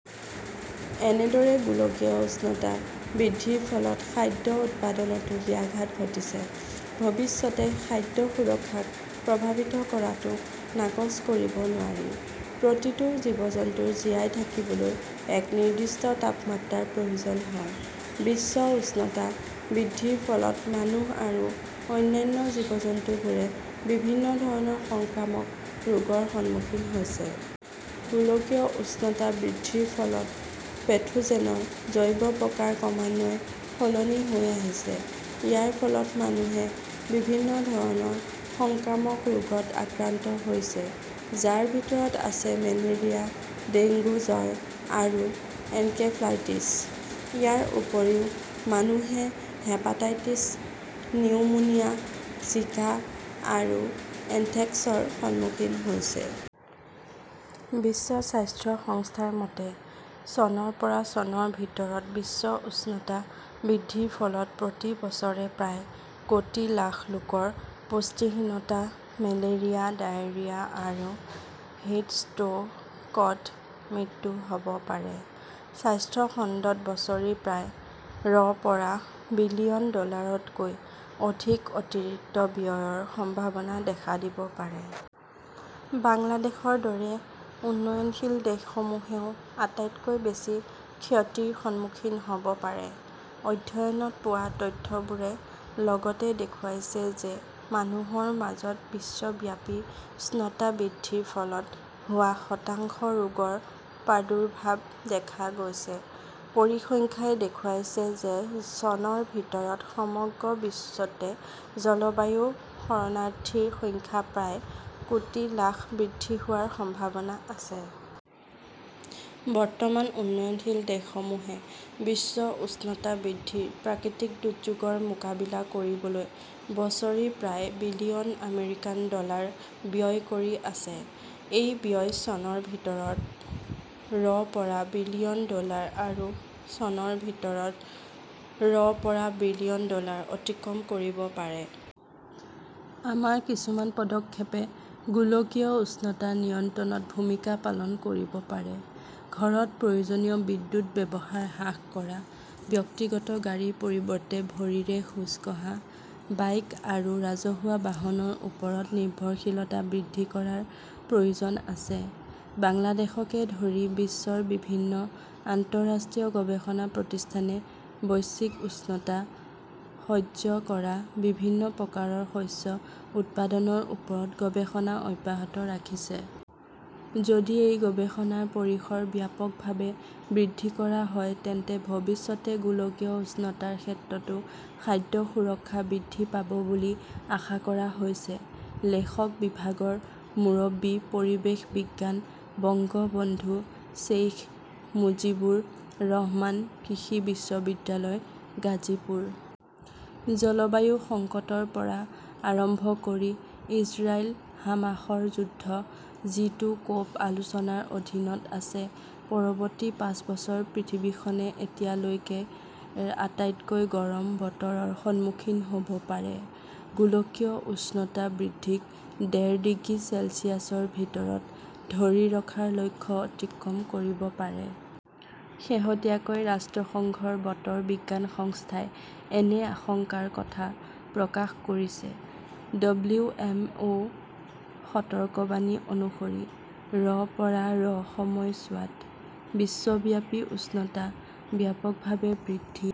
এনেদৰে গোলকীয় উষ্ণতা বৃদ্ধিৰ ফলত খাদ্য উৎপাদনতো ব্যাঘাত ঘটিছে। ভৱিষ্যতে খাদ্য সুৰক্ষাক প্ৰভাৱিত কৰাটো নাকচ কৰিব নোৱাৰি। প্ৰতিটো জীৱ-জন্তুৰ জীয়াই থাকিবলৈ এক নিৰ্দিষ্ট তাপমাত্ৰাৰ প্ৰয়োজন হয়। বিশ্ব উষ্ণতা বৃদ্ধিৰ ফলত মানুহ আৰু অন্যান্য জীৱ-জন্তুবোৰে বিভিন্ন ধৰণৰ সংক্ৰামক ৰোগৰ সন্মুখীন হৈছে। গোলকীয় উষ্ণতা বৃদ্ধিৰ ফলত পেথোজেনৰ জৈৱ প্ৰকাৰ ক্ৰমান্বয়ে সলনি হৈ আহিছে। ইয়াৰ ফলত মানুহে বিভিন্ন ধৰণৰ সংক্ৰামক ৰোগত আক্ৰান্ত হৈছে, যাৰ ভিতৰত আছে মেলেৰিয়া, ডেংগু জ্বৰ আৰু এনকেফেলাইটিছ। ইয়াৰ উপৰিও মানুহে হেপাটাইটিছ, নিউমোনিয়া, জিকা আৰু এন্থ্ৰেক্সৰ সন্মুখীন হৈছে। বিশ্ব স্বাস্থ্য সংস্থাৰ মতে, চনৰ পৰা চনৰ ভিতৰত বিশ্ব উষ্ণতা বৃদ্ধিৰ ফলত প্ৰতি বছৰে প্ৰায় কোটি লাখ লোকৰ পুষ্টিহীনতা, মেলেৰিয়া, ডায়েৰিয়া আৰু হিট ষ্ট্ৰ 'কত মৃত্যু হ' ব পাৰে। স্বাস্থ্য খণ্ডত বছৰি প্ৰায় ৰ পৰা বিলিয়ন ডলাৰতকৈ অধিক অতিৰিক্ত ব্যয়ৰ সম্ভাৱনা দেখা দিব পাৰে। বাংলাদেশৰ দৰে উন্নয়নশীল দেশসমূহেও আটাইতকৈ বেছি ক্ষতিৰ সন্মুখীন হ "ব পাৰে। অধ্যয়নত পোৱা তথ্যবোৰে লগতে দেখুৱাইছে যে মানুহৰ মাজত বিশ্বব্যাপী উষ্ণতা বৃদ্ধিৰ ফলত হোৱা শতাংশ ৰোগৰ প্ৰাদুৰ্ভাৱ দেখা গৈছে। পৰিসংখ্যাই দেখুৱাইছে যে চনৰ ভিতৰত সমগ্ৰ বিশ্বতে জলবায়ু-শৰণাৰ্থীৰ সংখ্যা প্ৰায় কোটি লাখ বৃদ্ধি হোৱাৰ সম্ভাৱনা আছে। বৰ্তমান উন্নয়নশীল দেশসমূহে বিশ্ব উষ্ণতা বৃদ্ধিৰ প্ৰাকৃতিক দুৰ্যোগৰ মোকাবিলা কৰিবলৈ বছৰি প্ৰায় বিলিয়ন আমেৰিকান ডলাৰ ব্যয় কৰি আছে। এই ব্যয় চনৰ ভিতৰত ৰ পৰা বিলিয়ন ডলাৰ আৰু চনৰ ভিতৰত ৰ পৰা বিলিয়ন ডলাৰ অতিক্ৰম কৰিব পাৰে। আমাৰ কিছুমান পদক্ষেপে গোলকীয় উষ্ণতা নিয়ন্ত্ৰণত ভূমিকা পালন কৰিব পাৰে। ঘৰত প্ৰয়োজনীয় বিদ্যুৎ ব্যৱহাৰ হ্ৰাস কৰা, ব্যক্তিগত গাড়ীৰ পৰিৱৰ্তে ভৰিৰে খোজ কাঢ়া, বাইক আৰু ৰাজহুৱা বাহনৰ ওপৰত নিৰ্ভৰশীলতা বৃদ্ধি কৰাৰ প্ৰয়োজন আছে। বাংলাদেশকে ধৰি বিশ্বৰ বিভিন্ন আন্তঃৰাষ্ট্ৰীয় গৱেষণা প্ৰতিষ্ঠানে বৈশ্বিক উষ্ণতা সহ্য কৰা বিভিন্ন প্ৰকাৰৰ শস্য উৎপাদনৰ ওপৰত গৱেষণা অব্যাহত ৰাখিছে। যদি এই গৱেষণাৰ পৰিসৰ ব্যাপকভাৱে বৃদ্ধি কৰা হয় তেন্তে ভৱিষ্যতে গোলকীয় উষ্ণতাৰ ক্ষেত্ৰতো খাদ্য সুৰক্ষা বৃদ্ধি পাব বুলি আশা কৰা হৈছে। লেখকঃ বিভাগৰ মুৰব্বী, পৰিৱেশ বিজ্ঞান, বঙ্গবন্ধু শ্বেইখ মুজিবুৰ ৰহমান কৃষি বিশ্ববিদ্যালয়, গাজীপুৰ। জলবায়ু সংকটৰ পৰা আৰম্ভ কৰি ইজৰাইল-হামাসৰ যুদ্ধ, যিটো ক 'প- আলোচনাৰ অধীনত আছে পৰৱৰ্তী পাঁচ বছৰ পৃথিৱীখনে এতিয়ালৈকেৰ আটাইতকৈ গৰম বতৰৰ সন্মুখীন হ 'ব পাৰে! গোলকীয় উষ্ণতা বৃদ্ধিক ডেৰ ডিগ্ৰী চেলছিয়াছৰ ভিতৰত ধৰি ৰখাৰ লক্ষ্য অতিক্ৰম কৰিব পাৰে। শেহতীয়াকৈ ৰাষ্ট্ৰসংঘৰ বতৰ বিজ্ঞান সংস্থাই এনে আশংকাৰ কথা প্ৰকাশ কৰিছে। ডব্লিউ. এম. অ '. -ৰ সতৰ্কবাণী অনুসৰি, -ৰ পৰা -ৰ সময়ছোৱাত বিশ্বব্যাপী উষ্ণতা ব্যাপকভাৱে বৃদ্ধি